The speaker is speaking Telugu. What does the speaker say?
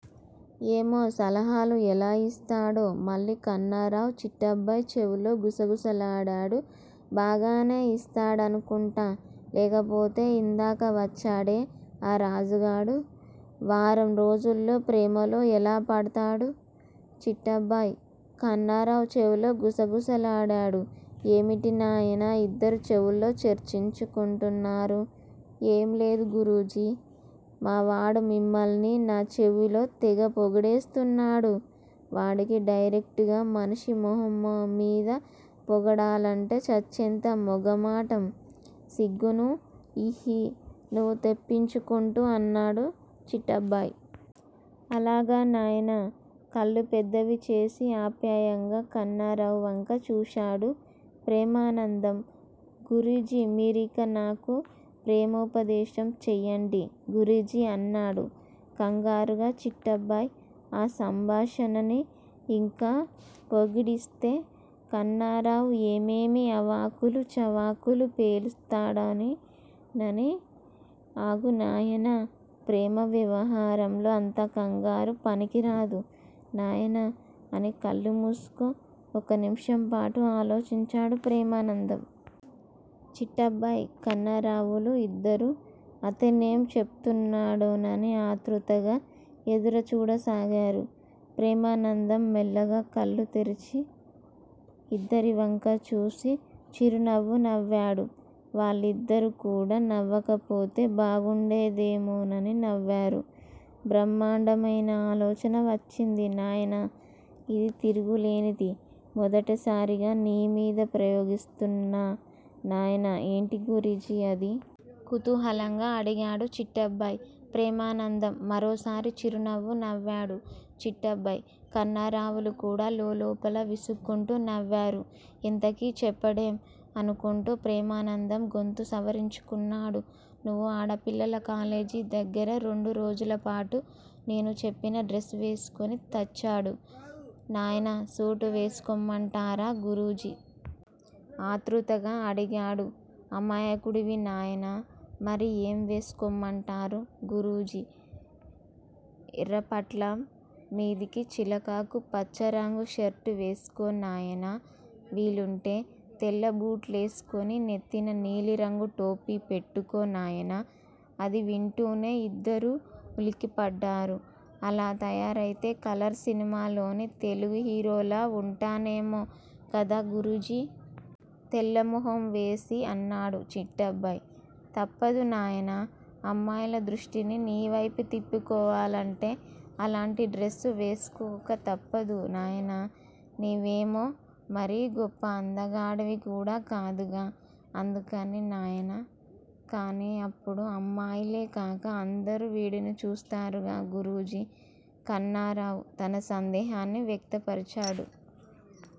ఏమో! సలహాలు ఎలా ఇస్తాడో?? మళ్ళీ కన్నారావు చిట్టబ్బాయి చెవిలో గుసగుసలాడాడు. బాగానే ఇస్తాడనుకుంటా లేకపోతే ఇందాక వచ్చాడే ఆ రాజుగాడు వారం రోజుల్లో ప్రేమలో ఎలా పడ్తాడు? చిట్టబ్బాయి కన్నారావు చెవిలో గుసగుసలాడాడు. ఏమిటి నాయనా ఇద్దరూ చెవుల్లో చర్చించుకుంటున్నారు? ఏంలేదు గురూజీ మావాడు మిమ్మల్ని నా చెవిలో తెగ పొగిడేస్తున్నాడు వాడికి డైరెక్టుగా మనిషి మొహం మీద పొగడాలంటే చచ్చేంత మొగమాటం సిగ్గూనూ హిహి నువ్వు తెప్పించుకుంటూ అన్నాడు చిట్టబ్బాయ్. అలాగా నాయనా? కళ్ళు పెద్దవిచేసి అప్యాయంగా కన్నారావు వంక చూశాడు ప్రేమానందం. గురూజీ మీరిక నాకు ప్రేమోపదేశం చెయ్యండి గురూజీ అన్నాడు కంగారుగా చిట్టబ్బాయ్ ఆ సంభాషణని ఇంకా పొడిగిస్తే కన్నారావు ఏమేమి అవాకులూ చవాకులూ పేల్తాడోనని. అగు నాయనా ప్రేమ వ్యవహారంలో అంత కంగారు పనికిరాదు నాయనా అని కళ్ళు మూస్కుని ఒక నిముషంపాటు ఆలోచించాడు ప్రేమానందం. చిట్టబ్బాయ్ కన్నారావులు ఇద్దరూ అతనేం చెప్తాడోనని ఆతృతగా ఎదురు చూడసాగారు. ప్రేమానందం మెల్లగా కళ్ళు తెరిచి ఇద్దరి వంకా చూసి చిరునవ్వు నవ్వాడు. వాళ్ళిద్దరూ కూడా నవ్వకపోతే బాగుండదేమోనని నవ్వారు. బ్రహ్మండమైన ఆలోచన వచ్చింది నాయనా ఇది తిరుగులేనిది మొదటిసారిగా నీ మీద ప్రయోగిస్తున్నా నాయనా ఏంటి గురూజీ అది? కుతూహలంగా అడిగాడు చిట్టబ్బాయి. ప్రేమానందం మరోసారి చిరునవ్వు నవ్వాడు. చిట్టబ్బాయి, కన్నారావులు కూడా లోలోపల విసుక్కుంటూ నవ్వారు. ఎంతకీ చెప్పడేం అనుకుంటూ. ప్రేమానందం గొంతు సవరించుకున్నాడు. నువ్వు ఆడపిల్లల కాలేజీ దగ్గర రెండు రోజులపాటు నేను చెప్పిన డ్రెస్ వేస్కుని తచ్చాడు నాయన సూట్ వేస్కోమంటారా గురూజీ? ఆతృతంగా అడిగాడు. అమాయకుడివి నాయనా మరి ఏం వేస్కోమంటారు గురూజీ? ఎర్రపంట్లాం మీదికి చిలకాకు పచ్చరంగు షర్టు వేస్కో నాయనా వీలుంటే తెల్లబూట్లేస్కునినెత్తిన నీలిరంగు టోపీ పెట్టుకో నాయన అది వింటూనే ఇద్దరూ ఉలిక్కిపడ్డారు. అలా తయారైతే కలర్ సినిమాలోని తెలుగు హీరోలా ఉంటానేమో కద గురూజీ? తెల్లమొహం వేసి అన్నాడు చిట్టబ్బాయి. తప్పదు నాయనా అమ్మాయిల దృష్టిని నీవైపుకి తిప్పుకోవాలంటే అలాంటి డ్రెస్ వేస్కోక తప్పదు నాయనా నువ్వేమో మరీ గొప్ప అందగాడివి కూడా కాదుగా అందుకని నాయనా కానీ అప్పుడు అమ్మాయిలే కాక అందరూ వీడిని చూస్తారుగా గురూజీ? కన్నారావు తన సందేహాన్ని వ్యక్తపరిచాడు.